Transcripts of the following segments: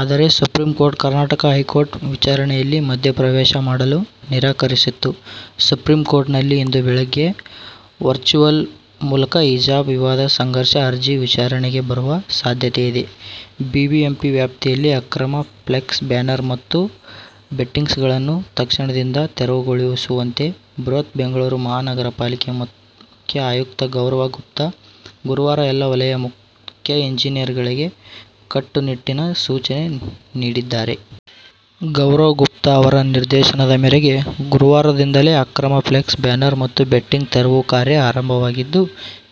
ಆದರೆ supreme court, Karnataka high court ವಿಚಾರಣೆಯಲ್ಲಿ ಮಧ್ಯೆ ಪ್ರವೇಶ ಮಾಡಲು ನಿರಾಕರಿಸಿತ್ತು. ಸುಪ್ರೀಂ ಕೋರ್ಟ್ ನಲ್ಲಿ ಇಂದು ಬೆಳಗ್ಗೆ ವರ್ಚುವಲ್ ಮೂಲಕ ಹಿಜಾಬ್ ವಿವಾದ ಸಂಘರ್ಷ ಅರ್ಜಿ ವಿಚಾರಣೆಗೆ ಬರುವ ಸಾಧ್ಯತೆಯಿದೆ. ಬಿಬಿಎಂಪಿ ವ್ಯಾಪ್ತಿಯಲ್ಲಿನ ಅಕ್ರಮ ಫ್ಲೆಕ್ಸ್ ಬ್ಯಾನರ್ ಮತ್ತು ಬಂಟಿಂಗ್ಸ್ಗಳನ್ನು ತಕ್ಷಣದಿಂದ ತೆರವುಗೊಳಿಸುವಂತೆ ಬೃಹತ್ ಬೆಂಗಳೂರು ಮಹಾನಗರ ಪಾಲಿಕೆ ಮುಖ್ಯ ಆಯುಕ್ತ ಗೌರವ್ ಗುಪ್ತಾ, ಗುರುವಾರ ಎಲ್ಲಾ ವಲಯ ಮುಖ್ಯ ಎಂಜಿನಿಯರ್ಗಳಿಗೆ ಕಟ್ಟುನಿಟ್ಟಿನ ಸೂಚನೆ ನೀಡಿದ್ದಾರೆ. ಗೌರವ್ ಗುಪ್ತಾ ಅವರ ನಿರ್ದೇಶನದ ಮೇರೆಗೆ ಗುರುವಾರದಿಂದಲೇ ಅಕ್ರಮ ಫ್ಲೆಕ್ಸ್ ಬ್ಯಾನರ್ ಮತ್ತು ಬಂಟಿಂಗ್ ತೆರವು ಕಾರ್ಯ ಆರಂಭವಾಗಿದ್ದು,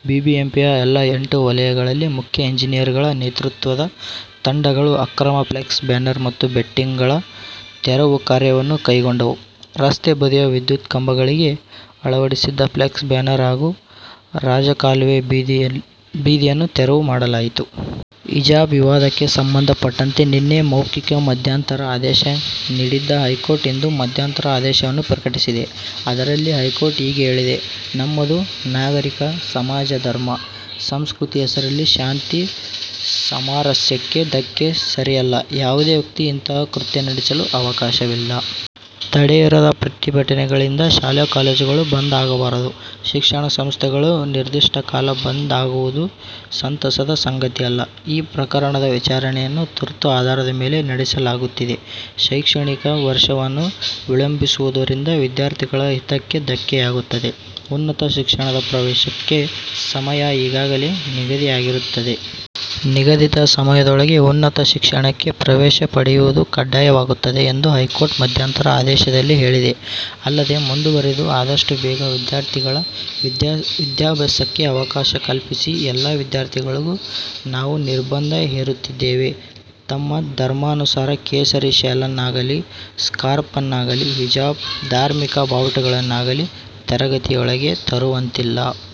ಬಿಬಿಎಂಪಿಯ ಎಲ್ಲ ಎಂಟು ವಲಯಗಳಲ್ಲಿ ಮುಖ್ಯ ಎಂಜಿನಿಯರ್ಗಳ ನೇತೃತ್ವದ ತಂಡಗಳು ಅಕ್ರಮ ಫ್ಲೆಕ್ಸ್ ಬ್ಯಾನರ್ ಮತ್ತು ಬಂಟಿಂಗ್ ತೆರವು ಕಾರ್ಯವನ್ನು ಕೈಗೊಂಡವು. ರಸ್ತೆ ಬದಿಯ ವಿದ್ಯುತ್ ಕಂಬಗಳಿಗೆ ಅಳವಡಿಸಿದ್ದ ಫ್ಲೆಕ್ಸ್ ಬ್ಯಾನರ್ ಹಾಗೂ ರಾಜಕಾಲುವೆ ಬೇಲಿಯನ್ನು ತೆರವು ಮಾಡಲಾಯಿತು. ಹಿಜಾಬ್ ವಿವಾದಕ್ಕೆ ಸಂಬಂಧಪಟ್ಟಂತೆ ನಿನ್ನೆ ಮೌಖಿಕ ಮಧ್ಯಂತರ ಆದೇಶ ನೀಡಿದ್ದ ಹೈಕೋರ್ಟ್ ಇಂದು ಮಧ್ಯಂತರ ಆದೇಶವನ್ನು ಪ್ರಕಟಿಸಿದೆ. ಅದರಲ್ಲಿ ಹೈಕೋರ್ಟ್ ಹೀಗೆ ಹೇಳಿದೆ: ನಮ್ಮದು ನಾಗರಿಕ ಸಮಾಜ. ಧರ್ಮ, ಸಂಸ್ಕೃತಿ ಹೆಸರಲ್ಲಿ ಶಾಂತಿ, ಸಾಮರಸ್ಯಕ್ಕೆ ಧಕ್ಕೆ ಸರಿಯಲ್ಲ. ಯಾವುದೇ ವ್ಯಕ್ತಿ ಇಂತಹ ಕೃತ್ಯ ನಡೆಸಲು ಅವಕಾಶವಿಲ್ಲ. ತಡೆಯಿರದ ಪ್ರತಿಭಟನೆಗಳಿಂದ ಶಾಲೆ ಕಾಲೇಜುಗಳು ಬಂದ್ ಆಗಬಾರದು. ಶಿಕ್ಷಣ ಸಂಸ್ಥೆಗಳು ಅನಿರ್ದಿಷ್ಟ ಕಾಲ ಬಂದ್ ಆಗುವುದು ಸಂತಸದ ಸಂಗತಿಯಲ್ಲ. ಈ ಪ್ರಕರಣದ ವಿಚಾರಣೆಯನ್ನು ತುರ್ತು ಆಧಾರದ ಮೇಲೆ ನಡೆಸಲಾಗುತ್ತಿದೆ. ಶೈಕ್ಷಣಿಕ ವರ್ಷವನ್ನು ವಿಳಂಬಿಸುವುದರಿಂದ ವಿದ್ಯಾರ್ಥಿಗಳ ಹಿತಕ್ಕೆ ಧಕ್ಕೆಯಾಗುತ್ತದೆ. ಉನ್ನತ ಶಿಕ್ಷಣದ ಪ್ರವೇಶಕ್ಕೆ ಸಮಯ ಈಗಾಗಲೇ ನಿಗದಿಯಾಗಿರುತ್ತದೆ. ನಿಗದಿತ ಸಮಯದೊಳಗೆ ಉನ್ನತ ಶಿಕ್ಷಣಕ್ಕೆ ಪ್ರವೇಶ ಪಡೆಯುವುದು ಕಡ್ಡಾಯವಾಗುತ್ತದೆ ಎಂದು ಹೈಕೋರ್ಟ್ ಮಧ್ಯಂತರ ಆದೇಶದಲ್ಲಿ ಹೇಳಿದೆ. ಅಲ್ಲದೆ ಮುಂದುವರಿದು, ಆದಷ್ಟು ಬೇಗ ವಿದ್ಯಾರ್ಥಿಗಳ ವಿದ್ಯಾಭ್ಯಾಸಕ್ಕೆ ಅವಕಾಶ ಕಲ್ಪಿಸಿ. ಎಲ್ಲಾ ವಿದ್ಯಾರ್ಥಿಗಳಿಗೂ ನಾವು ನಿರ್ಬಂಧ ಹೇರುತ್ತಿದ್ದೇವೆ. ತಮ್ಮ ಧರ್ಮಾನುಸಾರ ಕೇಸರಿ ಶಾಲನ್ನಾಗಲೀ, ಸ್ಕಾರ್ಫ್ ಅನ್ನಾಗಲೀ. ಹಿಜಾಬ್, ಧಾರ್ಮಿಕ ಬಾವುಟಗಳನ್ನಾಗಲೀ ತರಗತಿಯೊಳಗೆ ತರುವಂತಿಲ್ಲ.